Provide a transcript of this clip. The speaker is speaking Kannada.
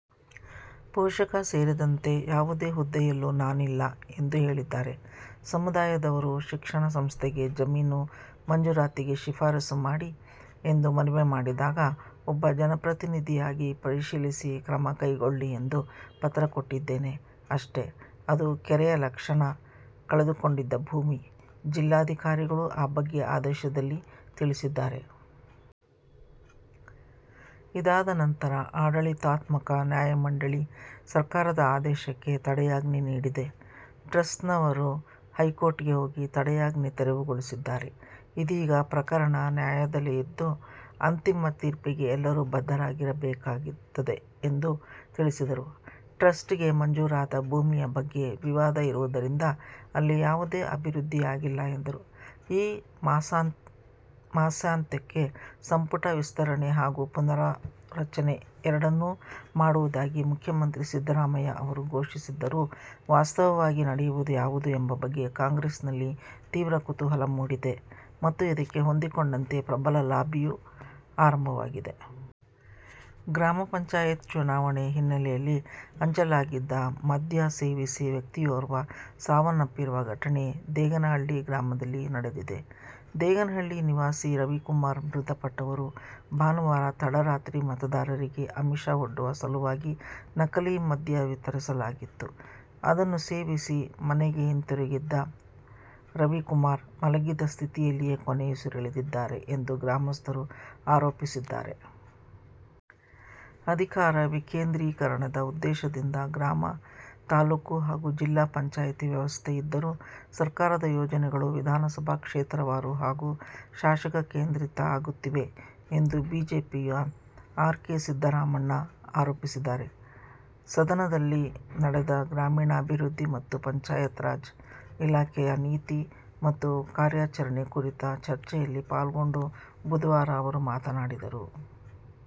ಪೋಷಕ ಸೇರಿದಂತೆ ಯಾವುದೇ ಹುದ್ದೆಯಲ್ಲೂ ನಾನಿಲ್ಲ ಎಂದು ಹೇಳಿದ್ದಾರೆ. ಸಮುದಾಯದವರು ಶಿಕ್ಷಣ ಸಂಸ್ಥೆಗೆ ಜಮೀನು ಮಂಜೂರಾತಿಗೆ ಶಿಫಾರಸು ಮಾಡಿ ಎಂದು ಮನವಿ ಮಾಡಿದಾಗ ಒಬ್ಬ ಜನಪ್ರತಿನಿಧಿಯಾಗಿ ಪರಿಶೀಲಿಸಿ ಕ್ರಮ ಕೈಗೊಳ್ಳಿ ಎಂದು ಪತ್ರ ಕೊಟ್ಟಿದ್ದೇನೆ ಅಷ್ಟೆ. ಅದು ಕೆರೆಯ ಲಕ್ಷಣ ಕಳೆದುಕೊಂಡಿದ್ದ ಭೂಮಿ. ಜಿಲ್ಲಾಧಿಕಾರಿಗಳೂ ಆ ಬಗ್ಗೆ ಆದೇಶದಲ್ಲಿ ತಿಳಿಸಿದ್ದಾರೆ. ಇದಾದ ನಂತರ ಆಡಳಿತಾತ್ಮಕ ನ್ಯಾಯಮಂಡಳಿ ಸರ್ಕಾರದ ಆದೇಶಕ್ಕೆ ತಡೆಯಾಜ್ಞೆ ನೀಡಿದೆ. ಟ್ರಸ್ಟ್ನವರು ಹೈಕೋರ್ಟ್ಗೆ ಹೋಗಿ ತಡೆಯಾಜ್ಞೆ ತೆರವುಗೊಳಿಸಿದ್ದಾರೆ. ಇದೀಗ ಪ್ರಕರಣ ನ್ಯಾಯಾಲಯದಲ್ಲಿದ್ದು ಅಂತಿಮ ತೀರ್ಪಿಗೆ ಎಲ್ಲರೂ ಬದ್ಧರಾಗಿರಬೇಕಾಗುತ್ತದೆ ಎಂದು ತಿಳಿಸಿದರು. ಟ್ರಸ್ಟ್ಗೆ ಮಂಜೂರಾದ ಭೂಮಿಯ ಬಗ್ಗೆ ವಿವಾದ ಇರುವುದರಿಂದ ಅಲ್ಲಿ ಯಾವುದೇ ಅಭಿವೃದ್ಧಿಯಾಗಿಲ್ಲ ಎಂದರು. ಈ ಮಾಸಾಂತ್ಯಕ್ಕೆ ಸಂಪುಟ ವಿಸ್ತರಣೆ ಹಾಗೂ ಪುನಾರಚನೆ ಎರಡನ್ನೂ ಮಾಡುವುದಾಗಿ ಮುಖ್ಯಮಂತ್ರಿ ಸಿದ್ದರಾಮಯ್ಯ ಅವರು ಘೋಷಿಸಿದ್ದರೂ ವಾಸ್ತವವಾಗಿ ನಡೆಯುವುದು ಯಾವುದು ಎಂಬ ಬಗ್ಗೆ ಕಾಂಗ್ರೆಸ್ನಲ್ಲಿ ತೀವ್ರ ಕುತೂಹಲ ಮೂಡಿದೆ ಮತ್ತು ಇದಕ್ಕೆ ಹೊಂದಿಕೊಂಡಂತೆ ಪ್ರಬಲ ಲಾಬಿಯೂ ಆರಂಭವಾಗಿದೆ. ಗ್ರಾಮ ಪಂಚಾಯತ್ ಚುನಾವಣೆ ಹಿನ್ನೆಲೆಯಲ್ಲಿ ಹಂಚಲಾಗಿದ್ದ ಮದ್ಯ ಸೇವಿಸಿ ವ್ಯಕ್ತಿಯೋರ್ವ ಸಾವನ್ನಪ್ಪಿರುವ ಘಟನೆ ದೇಗನಹಳ್ಳಿ ಗ್ರಾಮದಲ್ಲಿ ನಡೆದಿದೆ. ದೇಗನಹಳ್ಳಿ ನಿವಾಸಿ ರವಿಕುಮಾರ್ ಮೃತಪಟ್ಟವರು. ಭಾನುವಾರ ತಡರಾತ್ರಿ ಮತದಾರರಿಗೆ ಆಮಿಷ ಒಡ್ಡುವ ಸಲುವಾಗಿ ನಕಲಿ ಮದ್ಯ ವಿತರಿಸಲಾಗಿತ್ತು. ಅದನ್ನು ಸೇವಿಸಿ ಮನೆಗೆ ಹಿಂದಿರುಗಿದ್ದ ರವಿಕುಮಾರ್, ಮಲಗಿದ್ದ ಸ್ಥಿತಿಯಲ್ಲಿಯೇ ಕೊನೆಯುಸಿರೆಳೆದಿದ್ದಾರೆ ಎಂದು ಗ್ರಾಮಸ್ಥರು ಆರೋಪಿಸಿದ್ದಾರೆ. ಅಧಿಕಾರ ವಿಕೇಂದ್ರೀಕರಣದ ಉದ್ದೇಶದಿಂದ ಗ್ರಾಮ, ತಾಲೂಕು ಹಾಗೂ ಜಿಲ್ಲಾ ಪಂಚಾಯಿತಿ ವ್ಯವಸ್ಥೆ ಇದ್ದರೂ ಸರ್ಕಾರದ ಯೋಜನೆಗಳು ವಿಧಾನಸಭಾ ಕ್ಷೇತ್ರವಾರು ಹಾಗೂ ಶಾಸಕ ಕೇಂದ್ರಿತ ಆಗುತ್ತಿವೆ ಎಂದು ಬಿಜೆಪಿಯ ಆರ್. ಕೆ. ಸಿದ್ದರಾಮಣ್ಣ ಆರೋಪಿಸಿದ್ದಾರೆ. ಸದನದಲ್ಲಿ ನಡೆದ ಗ್ರಾಮೀಣಾಭಿವೃದ್ಧಿ ಮತ್ತು ಪಂಚಾಯತ್ರಾಜ್ ಇಲಾಖೆಯ ನೀತಿ ಮತ್ತು ಕಾರ್ಯಾಚರಣೆ ಕುರಿತ ಚರ್ಚೆಯಲ್ಲಿ ಪಾಲ್ಗೊಂಡು ಬುಧವಾರ ಅವರು ಮಾತನಾಡಿದರು.